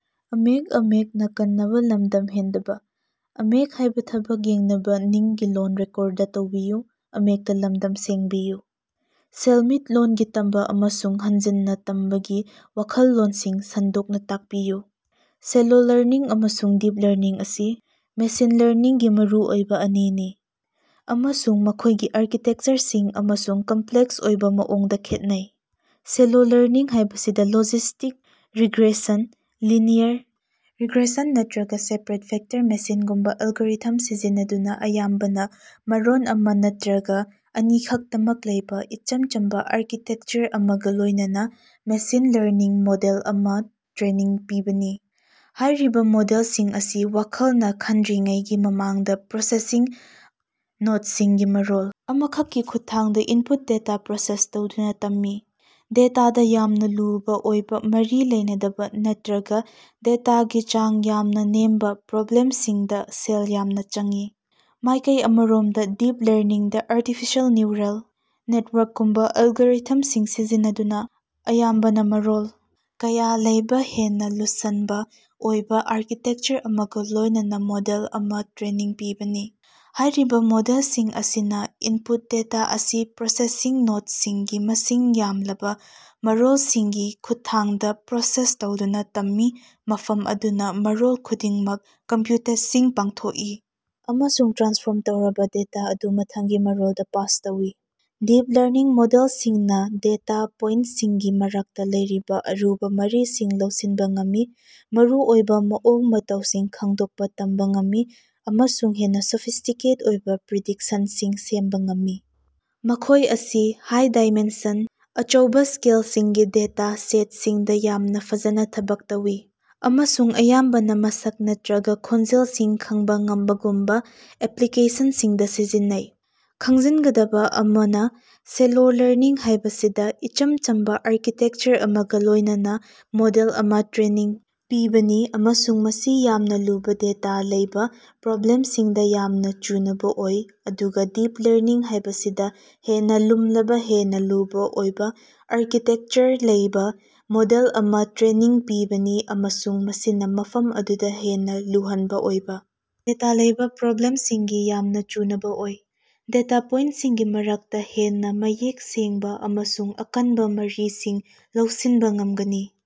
ꯁꯦꯜꯃꯤꯠꯂꯣꯟꯒꯤ ꯇꯝꯕ ꯑꯃꯁꯨꯡ ꯍꯟꯖꯤꯟꯅ ꯇꯝꯕꯒꯤ ꯋꯥꯈꯜꯂꯣꯟꯁꯤꯡ ꯁꯟꯗꯣꯛꯅꯥ ꯇꯥꯛꯄꯤꯌꯨ꯫ ꯁꯦꯂꯣ ꯂꯔꯅꯤꯡ ꯑꯃꯁꯨꯡ ꯗꯤꯞ ꯂꯔꯅꯤꯡ ꯑꯁꯤ ꯃꯦꯁꯤꯟ ꯂꯔꯅꯤꯡꯒꯤ ꯃꯔꯨ ꯑꯣꯏꯕ ꯑꯅꯤꯅꯤ ꯑꯃꯁꯨꯡ ꯃꯈꯣꯢꯒꯤ ꯑꯥꯔꯀꯤꯇꯦꯛꯆꯔꯁꯤꯡ ꯑꯃꯁꯨꯡ ꯀꯝꯄ꯭ꯂꯦꯛꯁ ꯑꯣꯏꯕ ꯃꯑꯣꯡꯗ ꯈꯦꯠꯅꯩ꯫ ꯁꯦꯂꯣ ꯂꯔꯅꯤꯡ ꯍꯥꯢꯕꯁꯤꯗ ꯂꯣꯖꯤꯁꯇꯤꯛ ꯔꯤꯒ꯭ꯔꯦꯁꯟ, ꯂꯤꯅꯤꯌꯔ ꯔꯤꯒ꯭ꯔꯦꯁꯟ ꯅꯠꯇ꯭ꯔꯒ ꯁꯞꯄꯣꯔꯠ ꯚꯦꯛꯇꯔ ꯃꯦꯁꯤꯟꯒꯨꯝꯕ ꯑꯦꯂꯒꯣꯔꯤꯊꯝꯁꯤꯡ ꯁꯤꯖꯤꯟꯅꯗꯨꯅ ꯑꯌꯥꯝꯕꯅ ꯃꯔꯣꯟ ꯑꯃ ꯅꯠꯇ꯭ꯔꯒ ꯑꯅꯤꯈꯛꯇꯃꯛ ꯂꯩꯕꯥ ꯏꯆꯝ ꯆꯝꯕ ꯑꯥꯔꯀꯤꯇꯦꯛꯆꯔ ꯑꯃꯒ ꯂꯣꯢꯅꯅ ꯃꯦꯁꯤꯟ ꯂꯔꯅꯤꯡ ꯃꯣꯗꯦꯜ ꯑꯃꯥ ꯇ꯭ꯔꯦꯅꯤꯡ ꯄꯤꯕꯅꯤ꯫ ꯍꯥꯢꯔꯤꯕ ꯃꯣꯗꯦꯜꯁꯤꯡ ꯑꯁꯤꯅ ꯋꯥꯈꯜꯅ ꯈꯟꯗ꯭ꯔꯤꯉꯩꯒꯤ ꯃꯃꯥꯡꯗ ꯄ꯭ꯔꯣꯁꯦꯁꯁꯤꯡ ꯅꯣꯗꯁꯤꯡꯒꯤ ꯃꯔꯣꯜ ꯑꯃꯈꯛꯀꯤ ꯈꯨꯠꯊꯥꯡꯗ ꯏꯟꯄꯨꯠ ꯗꯦꯇꯥ ꯄ꯭ꯔꯣꯁꯦꯁ ꯇꯧꯗꯨꯅꯥ ꯇꯝꯃꯤ꯫ ꯗꯦꯇꯥꯗ ꯌꯥꯝꯅ ꯂꯨꯕꯥ ꯑꯣꯏꯕ ꯃꯔꯤ ꯂꯩꯅꯗꯕꯥ ꯅꯠꯇ꯭ꯔꯒ ꯗꯦꯇꯥꯒꯤ ꯆꯥꯡ ꯌꯥꯝꯅ ꯅꯦꯝꯕ ꯄ꯭ꯔꯣꯕ꯭ꯂꯦꯝꯁꯤꯡꯗ ꯁꯦꯜ ꯌꯥꯝꯅ ꯆꯪꯏ꯫ ꯃꯥꯢꯀꯩ ꯑꯃꯔꯣꯝꯗ ꯗꯤꯞ ꯂꯔꯅꯤꯡꯗ ꯑꯥꯔꯇꯤꯐꯤꯁꯤꯑꯦꯜ ꯅ꯭ꯌꯨꯔꯜ ꯅꯦꯇꯋꯥꯔꯛꯀꯨꯝꯕꯥ ꯑꯦꯂꯒꯣꯔꯤꯊꯝꯁꯤꯡ ꯁꯤꯖꯤꯟꯅꯗꯨꯅ ꯑꯌꯥꯝꯕꯅ ꯃꯔꯣꯜ ꯀꯌꯥ ꯂꯩꯕ ꯍꯦꯟꯅꯥ ꯂꯨꯁꯟꯕ ꯑꯣꯏꯕ ꯑꯥꯔꯀꯤꯇꯦꯛꯆꯔ ꯑꯃꯒ ꯂꯣꯢꯅꯅꯥ ꯃꯣꯗꯦꯜ ꯑꯃ ꯇ꯭ꯔꯦꯅꯤꯡ ꯄꯤꯕꯅꯤ꯫ ꯍꯥꯢꯔꯤꯕ ꯃꯣꯗꯦꯜꯁꯤꯡ ꯑꯁꯤꯅ ꯏꯟꯄꯨꯠ ꯗꯦꯇꯥ ꯑꯁꯤ ꯄ꯭ꯔꯣꯁꯦꯁꯁꯤꯡ ꯅꯣꯗꯁꯤꯡꯒꯤ ꯃꯁꯤꯡ ꯌꯥꯝꯂꯕ ꯃꯔꯣꯜꯁꯤꯡꯒꯤ ꯈꯨꯠꯊꯥꯡꯗ ꯄ꯭ꯔꯣꯁꯦꯁ ꯇꯧꯗꯨꯅꯥ ꯇꯝꯃꯤ ꯃꯐꯝ ꯑꯗꯨꯗ ꯃꯔꯣꯜ ꯈꯨꯗꯤꯡꯃꯛꯅ ꯀꯝꯄ꯭ꯌꯨꯇꯦꯁꯟꯁꯤꯡ ꯄꯥꯡꯊꯣꯛꯏ ꯑꯃꯁꯨꯡ ꯇ꯭ꯔꯥꯟꯁꯐꯣꯔꯝ ꯇꯧꯔꯕꯥ ꯗꯦꯇꯥ ꯑꯗꯨ ꯃꯊꯪꯒꯤ ꯃꯔꯣꯜꯗ ꯄꯥꯁ ꯇꯧꯏ꯫ ꯗꯤꯞ ꯂꯔꯅꯤꯡ ꯃꯣꯗꯦꯜꯁꯤꯡꯅ ꯗꯦꯇꯥ ꯄꯣꯏꯟꯇꯁꯤꯡꯒꯤ ꯃꯔꯛꯇ ꯂꯩꯔꯤꯕ ꯑꯔꯨꯕ ꯃꯔꯤꯁꯤꯡ ꯂꯧꯁꯤꯟꯕ ꯉꯝꯃꯤ ꯃꯔꯨꯑꯣꯏꯕ ꯃꯑꯣꯡ ꯃꯇꯧꯁꯤꯡ ꯈꯡꯗꯣꯛꯄ ꯇꯝꯕꯥ ꯉꯝꯃꯤ ꯑꯃꯁꯨꯡ ꯍꯦꯟꯅ ꯁꯣꯐꯤꯁ꯭ꯇꯤꯀꯦꯠ ꯑꯣꯏꯕ ꯄ꯭ꯔꯤꯗꯤꯛꯁꯟꯁꯤꯡ ꯁꯦꯝꯕ ꯉꯝꯃꯤ꯫ ꯃꯈꯣꯢ ꯑꯁꯤ ꯍꯥꯏ-ꯗꯥꯏꯃꯦꯟꯁꯟ, ꯑꯆꯧꯕꯥ ꯁ꯭ꯀꯦꯂꯒꯤ ꯗꯦꯇꯥ ꯁꯦꯠꯁꯤꯡꯗ ꯌꯥꯝꯅ ꯐꯖꯅ ꯊꯕꯛ ꯇꯧꯏ ꯑꯃꯁꯨꯡ ꯑꯌꯥꯝꯕꯅ ꯃꯁꯛ ꯅꯠꯇ꯭ꯔꯒ ꯈꯣꯟꯖꯦꯜꯁꯤꯡ ꯈꯪꯕ ꯉꯝꯕꯒꯨꯝꯕ ꯑꯦꯄ꯭ꯂꯤꯀꯦꯁꯟꯁꯤꯡꯗ ꯁꯤꯖꯤꯟꯅꯩ꯫ ꯈꯪꯖꯤꯟꯒꯗꯕ ꯑꯃꯅ ꯁꯦꯂꯣ ꯂꯔꯅꯤꯡ ꯍꯥꯢꯕꯁꯤꯗ ꯏꯆꯝ ꯆꯝꯕ ꯑꯥꯔꯀꯤꯇꯦꯛꯆꯔ ꯑꯃꯒ ꯂꯣꯢꯅꯅ ꯃꯣꯗꯦꯜ ꯑꯃ ꯇ꯭ꯔꯦꯅꯤꯡ ꯄꯤꯕꯅꯤ ꯑꯃꯁꯨꯡ ꯃꯁꯤ ꯌꯥꯝꯅ ꯂꯨꯕ ꯗꯦꯇꯥ ꯂꯩꯕ ꯄ꯭ꯔꯣꯕ꯭ꯂꯦꯝꯁꯤꯡꯗ ꯌꯥꯝꯅ ꯆꯨꯅꯕ ꯑꯣꯏ ꯑꯗꯨꯒ ꯗꯤꯞ ꯂꯔꯅꯤꯡ ꯍꯥꯢꯕꯁꯤꯗ ꯍꯦꯟꯅ ꯂꯨꯝꯂꯕ ꯍꯦꯟꯅ ꯂꯨꯕ ꯑꯣꯏꯕꯥ ꯑꯥꯔꯀꯤꯇꯦꯛꯆꯔ ꯂꯩꯕꯥ ꯃꯣꯗꯦꯜ ꯑꯃ ꯇ꯭ꯔꯦꯅꯤꯡ ꯄꯤꯕꯅꯤ ꯑꯃꯁꯨꯡ ꯃꯁꯤꯅ ꯃꯐꯝ ꯑꯗꯨꯗ ꯍꯦꯟꯅ ꯂꯨꯍꯟꯕ ꯑꯣꯏꯕ ꯗꯦꯇꯥ ꯂꯩꯕ ꯄ꯭ꯔꯣꯕ꯭ꯂꯦꯝꯁꯤꯡꯗ ꯌꯥꯝꯅ ꯆꯨꯅꯕ ꯑꯣꯏ꯫ ꯗꯦꯇꯥ ꯄꯣꯏꯟꯇꯁꯤꯡꯒꯤ ꯃꯔꯛꯇ ꯍꯦꯟꯅ ꯃꯌꯦꯛ ꯁꯦꯡꯕ ꯑꯃꯁꯨꯡ ꯑꯀꯟꯕ ꯃꯔꯤꯁꯤꯡ ꯂꯧꯁꯤꯟꯕ ꯉꯝꯒꯅꯤ꯫